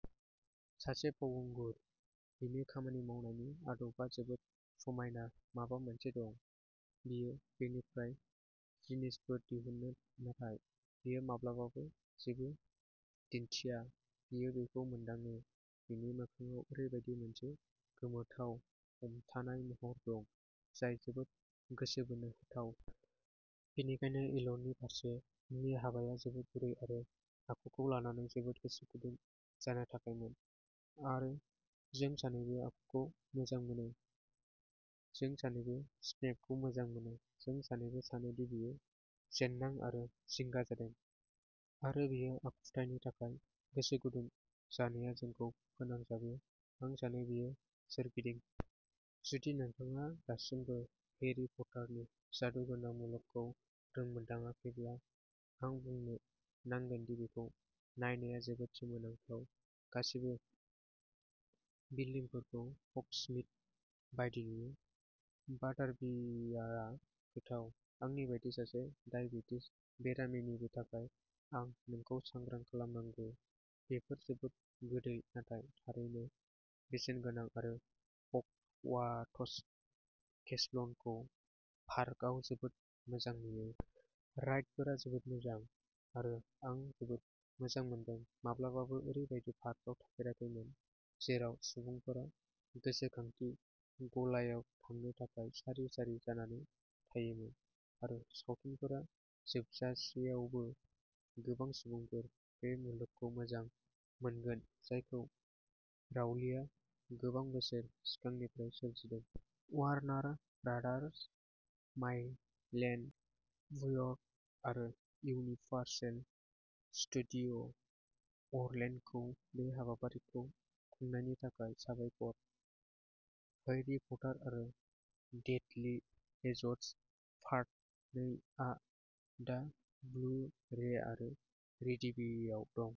सासे फावखुंगुर। बिनि खामानि मावनायनि आदबआव जोबोद समायना माबा मोनसे दं। बियो बेनिफ्राय जिनिसफोर दिहुनो, नाथाय बियो माब्लाबाबो जेबो दिन्थिया, बियो बेखौ मोनदाङो। बिनि मोखांआव ओरैबायदि मोनसे गोमोथाव हमथानाय महर दं, जाय जोबोद गोसो बोनो हाथाव। बेनिखायनो एलाननि फारसे आंनि हाबाया जोबोद गुरै आरो आखुखौ लानानै जोबोद गोसो गुदुं जानो थाखायमोन। आरो जों सानैबो आखुखौ मोजां मोनो। जों सानैबो स्नेपखौ मोजां मोनो, जों सानैबो सानो दि बियो जेन्नां आरो जिंगा जादों, आरो बे आखुथायनि थाखाय गोसो गुदुं जानाया जोंखौ फोनांजाबो, आं सानो, बिनि सोरगिदिं। "जुदि नोंथाङा दासिमबो हेरी पटारनि जादुगोनां मुलुगखौ रोंमोन्दाङाखैब्ला, आं बुंनो नांगोन दि बेखौ नायनाया जोबोद सोमोनांथाव। गासैबो बिल्दिंफोरखौ हग्समीड बायदि नुयो, बाटारबियारआ गोथाव, आंनि बायदि सासे दाइबेटिस बेरामिनिबो थाखाय आं नोंखौ सांग्रां खालामनांगौ, बेफोर जोबोद गोदै, नाथाय थारैनो बेसेनगोनां आरो हगवार्ट्स केसलखौ पार्कआव जोबोद मोजां नुयो। राइडफोरा जोबोद मोजां, आरो आं जोबोद मोजां मोनदों। माब्लाबाबो ओरैबायदि पार्कआव थाफेराखैमोन जेराव सुबुंफोरा गोसोखांथि गलायाव थांनो थाखाय सारि सारि जानानै थायोमोन। आरो सावथुनफोरा जोबजासेयावबो, गोबां सुबुंफोरा बे मुलुगखौ मोजां मोनगोन जायखौ राउलिंआ गोबां बोसोर सिगांनिफ्राय सोरजिदों। वार्नार ब्रादार्स, माय लेन ब्यु आरो इउनिभार्सेल स्टुडिय' अरलेन्ड'खौ बे हाबाफारिखौ खुंनायनि थाखाय साबायखर। हैरी पटार आरो डेथलि हेजस पार्ट नै आ दा ब्लु रे आरो डिभिडियाव दं।